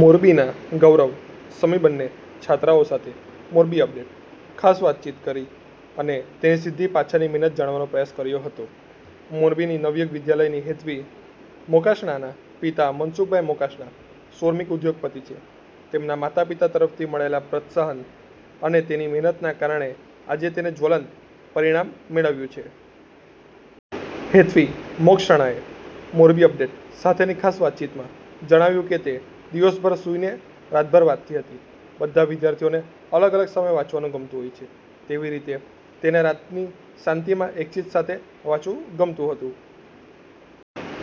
મોરબીના ગૌરવ સમીબન્ને છાત્રાઓ સાથે 'મોરબી અપડેટે' ખાસ વાતચીત કરી અને તેનીસિદ્ધિ પાછળની મહેનત જાણવાનો પ્રયાસ કર્યો હતો. મોરબીની નવયુગ વિદ્યાલયની હેત્વી મોકાસણાના પિતા મનસુખભાઈ મોકાસણા સોરમીક ઉદ્યોગપતિ છે. તેમના માતા- પિતા તરફથી મળેલા પ્રત્સાહન અને તેની મહેનતના કારણે આજે તેને જ્વલંત પરિણામ મેળવ્યું છે. હેત્વી મોકાસણાએ 'મોરબી અપડેટ' સાથેની ખાસ વાતચીતમાં જણાવ્યું કે તે દિવસભર સૂઇને રાતભર વાંચતી હતી. બધા વિદ્યાર્થીઓને અલગ અલગ સમયે વાંચવાંનું ગમતું હોય છે. તેવી રીતે તેને રાતની શાંતીમાં એકચીત સાથે વાંચવું ગમતું હતું.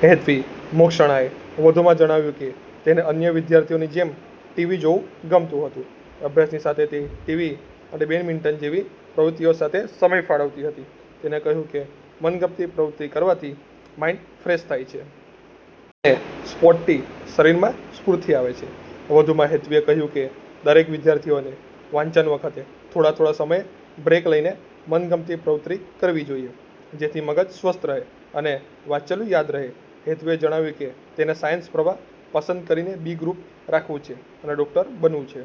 હેત્વી મોકાસણાએ વધુમાં જણાવ્યું કે તેને અન્ય વિદ્યાર્થીઓની જેમ ટીવી જોવું ગમતું હતું. અભ્યાસની સાથે તે ટીવી અને બેડમિન્ટન જેવી પ્રવૃતિઓ માટે સમય ફાળવતી હતી. તેને કહ્યું કે મનગમતી પ્રવૃત્તિ કરવાથી માઈન્ડ ફ્રેશ થાય છે. અને સ્પોર્ટથી શરીરમાં સ્ફૂર્તિ આવે છે. વધૂમાં હેત્વીએ કહ્યું કે દરેક વિદ્યાર્થીઓએ વાંચન વખતે થોડા થોડા સમયે બ્રેક લઈને મનગમતી પ્રવૃત્તિ કરવી જોઈએ જેથી મગજ સ્વસ્થ રહે અને વાંચેલું યાદ રહે. હેત્વીએ જણાવ્યું કે તેને સાયન્સ પ્રવાહ પસંદ કરીને બી ગ્રુપ રાખવું છે અને ડોકટર બનવુ છે.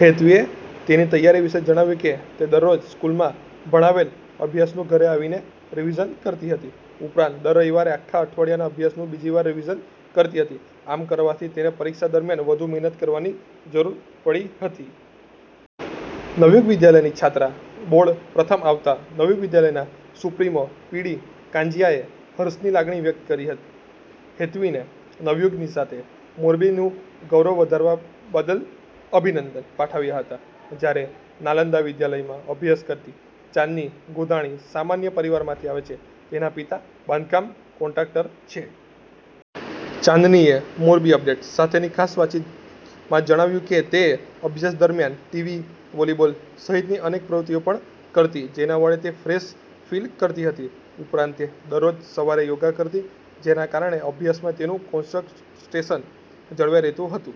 હેત્વીએ તેની તૈયારી વિશે જણાવ્યું કે તે દરરોજ સ્કૂલમાં ભણાવેલ અભ્યાસનું ઘરે આવીને રિવિઝન કરતી હતી. ઉપરાંત દર રવિવારે આખા અઠવાડિયાના અભ્યાસનું બીજી વાર રિવિઝન કરતી હતી. આમ કરવાથી તેને પરીક્ષા દરમિયાન વધુ મહેનત કરવાની જરૂર પડીહતી. નવયુગ વિદ્યાલયની છાત્રા બોર્ડ પ્રથમ આવતા નવયુગ વિદ્યાલયના સુપ્રીમો પી. ડી. કાંજીયાએ હર્ષની લાગણી વ્યકત કરી હેત્વીને નવયુગની સાથે મોરબીનું ગૌરવ વધારવા બાદલ અભિનંદન પાઠવ્યા હતા. જયારે નાલંદા વિદ્યાલયમાં અભ્યાસ કરતી ચાંદની ગોધાણી સામાન્ય પરિવારમાંથી આવે છે તેના પિતા બાંધકામ કોન્ટ્રાકટર છે. ચાંદનીએ 'મોરબી અપડેટ' સાથેની ખાસ વાતચીતમાં જણાવ્યું કે તે અભ્યાસ દરમિયાન ટીવી, વોલીબોલ સહિતની અનેક પ્રવૃતિઓ પણ કરતી જેના વડે તે ફ્રેશ ફિલ કરતી હતી. ઉપરાંત તે દરરોજ સવારે યોગા કરતી જેના કારણે અભ્યાસમાં તેનું કૉન્સ્ટ્રેશન જળવાઈ રહેતું હતું.